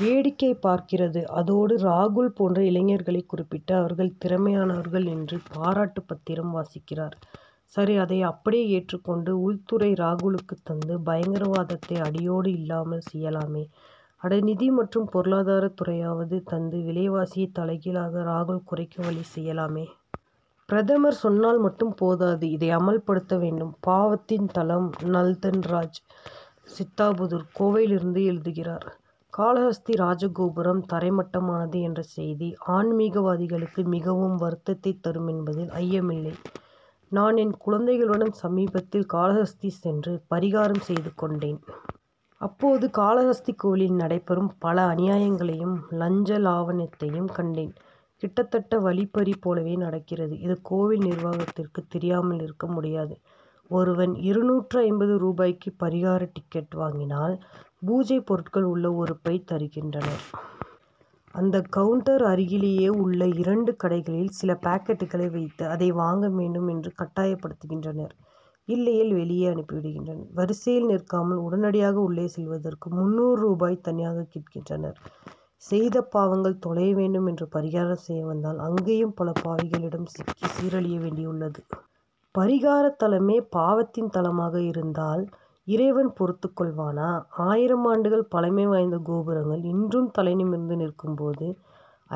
வேடிக்கை பார்க்கிறது. அதோடு, ராகுல் போன்ற இளைஞர்களை குறிப் பிட்டு, அவர்கள் திறமையானவர்கள் என்று பாராட்டு பத்திரம் வாசிக்கிறார். சரிஅதை அப்படியே ஏற்றுக் கொண்டு, உள்துறையை ராகுலுக்கு தந்து, பயங்கரவாதத்தை அடியோடு இல்லாமல் செய்யலாமே! அட, நிதி மற்றும் பொருளாதார துறையையாவது தந்து, விலைவாசியை தலைகீழாக ராகுல் குறைக்க வழி செய்யலாமே! பிரதமர், சொன்னால் மட்டும் போதாது; இதை அமல்படுத்த வேண்டும். பாவத்தின் தலம்! நல். தன்ராஜ், சித்தாபுதூர், கோவையிலிருந்து எழுதுகிறார் காளஹஸ்தி ராஜகோபுரம் தரை மட்டமானது என்ற செய்தி, ஆன்மிகவாதிகளுக்கு மிகவும் வருத்தத்தை தரும் என்பதில் ஐயமில்லை. நான், என் குழந்தைகளுடன், சமீபத்தில் காளஹஸ்தி சென்று, பரிகாரம் செய்து கொண்டேன். அப்போது, காளஹஸ்தி கோவிலில் நடைபெறும், பல அநியாயங்களையும், லஞ்ச லாவண்யத்தையும் கண் டேன்; கிட்டத்தட்ட வழிப் பறி போலவே நடக்கிறது. இது, கோவில் நிர்வாகத்திற்கு தெரியாமல் இருக்க முடியாது. ஒருவர் இருநூற்று ஐம்பது ரூபாய்க்கு பரிகார டிக்கெட் வாங்கினால், பூஜை பொருட்கள் உள்ள ஒரு பை தருகின்றனர். அந்த கவுன்டர் அருகிலேயே உள்ள இரண்டு கடைகளில், சில பாக்கெட்டுகளை வைத்து, அதை வாங்க வேண்டும் என்று கட்டாயப் படுத்துகின்றனர். இல்லையேல் வெளியே அனுப்பி விடுகின்றனர். வரிசையில் நிற்காமல் உடனடியாக உள்ளே செல்வதற்கு, முன்னூறு ரூபாய் தனியாக கேட்கின்றனர். செய்த பாவங்கள் தொலைய வேண்டும் என்று பரிகாரம் செய்ய வந்தால், அங்கேயும் பல பாவிகளிடம் சிக்கி சீரழிய வேண்டியுள்ளது. பரிகாரத்தலமே, பாவத்தின் தலமாக இருந் தால், இறைவன் பொறுத்துக் கொள்வானா? ஆயிரம் ஆண்டுகள் பழமை வாய்ந்த கோபுரங்கள், இன்றும் தலை நிமிர்ந்து நிற்கும் போது,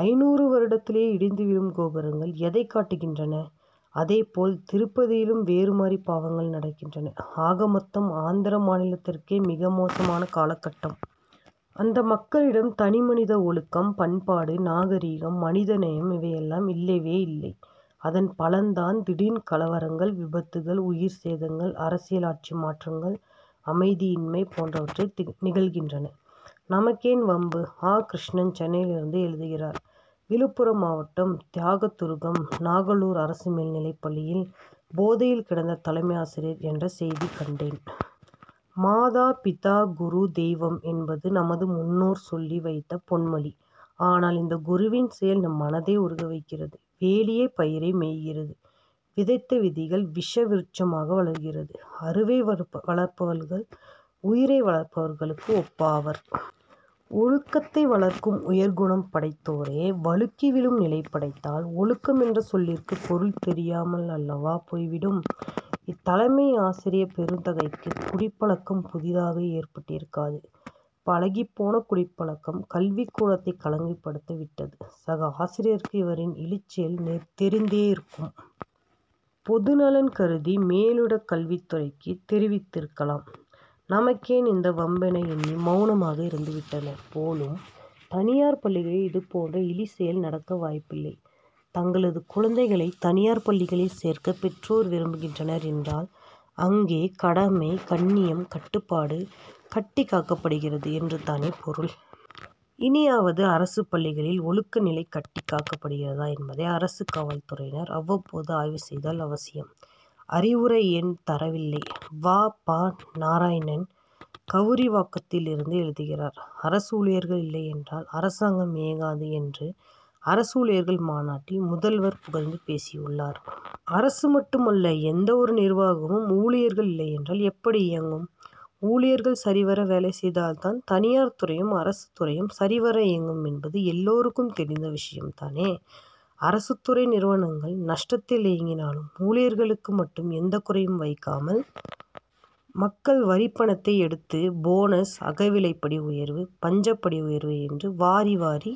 ஐந்நூறு வருடத்திலேயே இடிந்து விழும் கோபுரங்கள், எதைக் காட்டுகின்றன? அதேபோல், திருப்பதியிலும் வேறுமாதிரி பாவங்கள் நடக்கின்றன. ஆகமொத்தம், ஆந்திர மாநிலத்திற்கே, மிக மோசமான காலகட்டம். அந்த மக்களிடம், தனிமனித ஒழுக்கம், பண்பாடு, நாகரிகம், மனித நேயம் இவையெல்லாம் இல்லவேயில்லை. அதன் பலன் தான், திடீர் கலவரங்கள், விபத்துகள், உயிர் சேதங்கள், அரசியல் ஆட்சி மாற்றங்கள், அமைதியின்மை போன்றவை நிகழ்கின்றன. நமக்கேன் வம்பு! ஆ. கிருஷ்ணன், சென்னையிலிருந்து எழுதுகிறார் விழுப்புரம் மாவட்டம் தியாகதுருகம் நாகலூர் அரசு மேல்நிலைப்பள்ளியில் போதையில் கிடந்த தலைமை ஆசிரியர் என்ற செய்தி கண்டேன். மாதா, பிதா, குரு, தெய்வம் என் பது, நமது முன்னோர் சொல்லி வைத்த பொன் மொழி. ஆனால், இந்த குருவின் செயல், நம் மனதை உருக வைக்கிறது. வேலியே பயிரை மேய்கிறது; விதைத்த விதைகள் விஷ விருட்சமாக வளர்கிறது. அறிவை வளர்ப்பவர்கள், உயிரை வளர்ப்பவர்களுக்கு ஒப்பாவர். ஒழுக்கத்தை வளர்க்கும் உயர் குணம் படைத்தோரே, வழுக்கி விழும் நிலை படைத்தால், ஒழுக்கம் என்ற சொல்லிற்கு பொருள் தெரியாமலல்லவா போய்விடும். இத்தலைமை ஆசிரிய பெருந்தகைக்கு குடிப்பழக்கம் புதிதாக ஏற்பட்டிருக்காது. பழகிப்போன குடிப் பழக்கம், கல்விக்கூடத்தை களங்கப்படுத்தி விட்டது. சக ஆசிரியர்களுக்கு, இவரின் இழிசெயல் தெரிந்தே இருக்கும். பொதுநலன் கருதி, மேலிட கல்வித்துறைக்கு தெரிவித்திருக்கலாம். நமக்கேன் இந்த வம்பென எண்ணி, மவுனமாக இருந்து விட்டனர் போலும். தனியார் பள்ளிகளில், இதுபோன்ற இழிசெயல் நடக்க வாய்ப்பில்லை. தங்களது குழந்தைகளை, தனியார் பள்ளிகளில் சேர்க்க பெற்றோர் விரும்புகின்றனர் என்றால், அங்கே கடமை, கண்ணியம், கட்டுப்பாடு கட்டி காக்கப்படுகிறது என்று தானே பொருள். இனியாவது அரசு பள்ளிகளில், ஒழுக்க நிலை கட்டிக் காக்கப்படுகிறதா என்பதை, அரசு கல்வித்துறையினர், அவ்வப்போது ஆய்வு செய்தல் அவசியம். அறிவுரை ஏன் தரவில்லை? வ. ப. நாராயணன், கவுரிவாக்கத்திலிருந்து எழுதுகிறார் அரசு ஊழியர்கள் இல்லையென்றால், அரசாங்கம் இயங்காது என்று அரசு ஊழியர்கள் மாநாட்டில், முதல்வர் புகழ்ந்து பேசியுள்ளார். அரசு மட்டுமல்ல, எந்தவொரு நிர்வாகமும், ஊழியர்கள் இல்லையென்றால் எப்படி இயங்கும்? ஊழியர்கள் சரிவர வேலை செய்தால் தான், தனியார் துறையும், அரசுத்துறையும் சரி வர இயங்கும் என்பது எல்லாருக்கும் தெரிந்த விஷயம் தானே! அரசுத்துறை நிறுவனங்கள் நஷ்டத்தில் இயங்கினாலும், ஊழியர்களுக்கு மட்டும் எந்த குறையும் வைக்காமல், மக்கள் வரிப்பணத்தை எடுத்து, போனஸ், அகவிலைப்படி உயர்வு, பஞ்சப்படி உயர்வு என்று வாரி வாரி